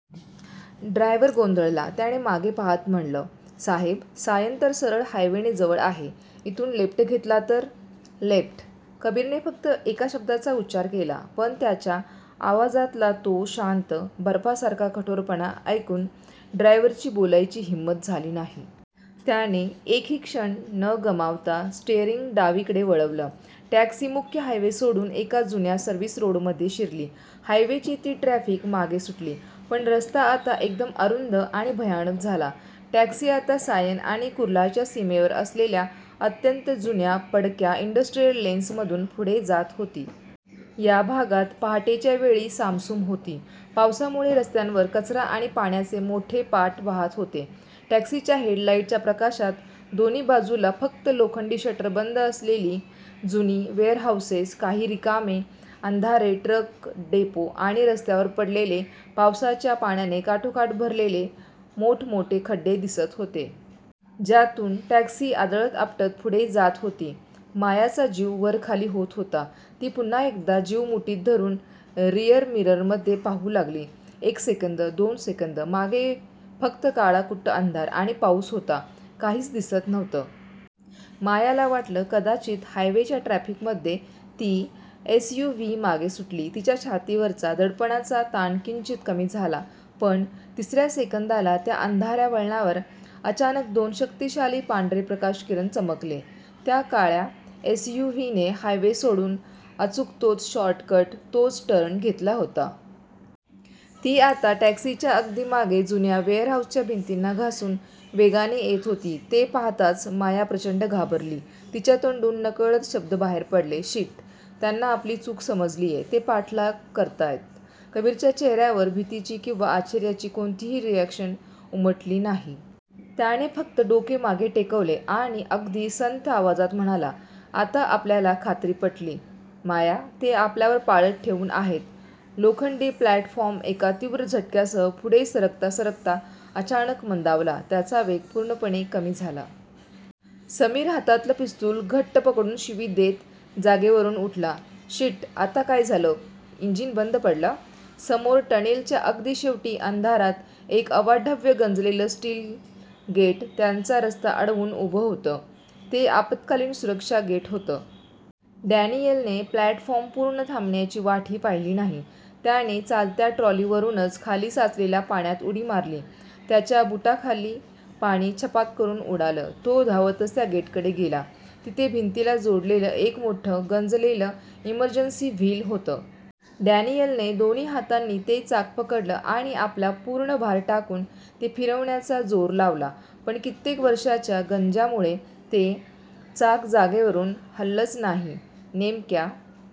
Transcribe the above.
Driver गोंधळला, त्याने मागे पाहत म्हटलं, साहेब, सायन तर सरळ हायवेने जवळ आहे, इथून लेफ्ट घेतला तर" "लेफ्ट. " कबीरने फक्त एका शब्दाचा उच्चार केला. पण त्याच्या आवाजातला तो शांत, बर्फासारखा कठोरपणा ऐकून ड्रायव्हरची बोलायची हिंमत झाली नाही. त्याने एकही क्षण न गमावता स्टीअरिंग डावीकडे वळवलं. टॅक्सी मुख्य हायवे सोडून एका जुन्या सर्व्हिस रोडमध्ये शिरली. हायवेची ती ट्रॅफिक मागे सुटली, पण रस्ता आता एकदम अरुंद आणि भयानक झाला. टॅक्सी आता सायन आणि कुर्लाच्या सीमेवर असलेल्या अत्यंत जुन्या, पडक्या इंडस्ट्रियल लेन्स मधून पुढे जात होती. या भागात पहाटेच्या वेळी सामसूम होती. पावसामुळे रस्त्यांवर कचरा आणि पाण्याचे मोठे पाट वाहत होते. टॅक्सीच्या हेडलाईटच्या प्रकाशात दोन्ही बाजूला फक्त लोखंडी शटर बंद असलेली जुनी वेअरहाउसेस, काही रिकामे, अंधारे ट्रक डेपो आणि रस्त्यावर पडलेले पावसाच्या पाण्याने काठोकाठ भरलेले मोठ-मोठे खड्डे दिसत होते. ज्यातून टॅक्सी आदळत-आपटत पुढे जात होती. मायाचा जीव वरखाली होत होता. ती पुन्हा एकदा जीव मुठीत धरून रिअर मिररमध्ये पाहू लागली. एक सेकंद, दोन सेकंद, मागे फक्त काळाकुट्ट अंधार आणि पाऊस होता. काहीच दिसत नव्हतं. मायाला वाटलं कदाचित हायवेच्या ट्रॅफिकमध्ये ती एसयूव्ही मागे सुटली. तिच्या छातीवरचा दडपणाचा ताणकिंचित कमी झाला, पण, तिसऱ्याच सेकंदाला, त्या अंधाऱ्या वळणावर अचानक दोन शक्तिशाली पांढरे प्रकाशकिरण चमकले. त्या काळ्या एसयूव्हीने हायवे सोडून अचूक तोच शॉर्टकट, तोच टर्न घेतला होता. ती आता टॅक्सीच्या अगदी मागे, जुन्या वेअरहाउसच्या भिंतींना घासून वेगाने येत होती. ते पाहताच माया प्रचंड घाबरली. तिच्या तोंडून नकळत शब्द बाहेर पडले, "शिट, त्यांना आपली चूक समजलीये. ते पाठलाग करतायत. " कबीरच्या चेहऱ्यावर भीतीची किंवा आश्चर्याची कोणतीही रिअॅक्शन उमटली नाही. त्याने फक्त डोके मागे टेकवले आणि अगदी संथ आवाजात म्हणाला, "आता आपल्याला खात्री पटली, माया. ते आपल्यावर पाळत ठेवून आहेत. लोखंडी प्लॅटफॉर्म एका तीव्र झटक्यासह पुढे सरकता सरकता अचानक मंदावला. त्याचा वेग पूर्णपणे कमी झाला. समीर हातातलं पिस्तूल घट्ट पकडून शिवी देत जागेवरून उठला, "शिट! आता काय झालं? इंजिन बंद पडलं? " समोर टनेलच्या अगदी शेवटी, अंधारात एक अवाढव्य, गंजलेलं स्टील गेट त्यांचा रस्ता अडवून उभं होतं. ते आपत्कालीन सुरक्षा गेट होतं. डॅनियलने प्लॅटफॉर्म पूर्ण थांबण्याची वाटही पाहिली नाही; त्याने चालत्या ट्रॉलीवरूनच खाली साचलेल्या पाण्यात उडी मारली. त्याच्या बुटांखाली पाणी छपाक करून उडालं. तो धावतच त्या गेटकडे गेला. तिथे भिंतीला जोडलेलं एक मोठं, गंजलेलं इमर्जन्सी व्हील होतं. डॅनियलने दोन्ही हातांनी ते चाक पकडलं आणि आपला पूर्ण भार टाकून ते फिरवण्याचा जोर लावला. पण कित्येक वर्षांच्या गंज्यामुळे ते चाक जागेवरून हललंच नाही. नेमक्या--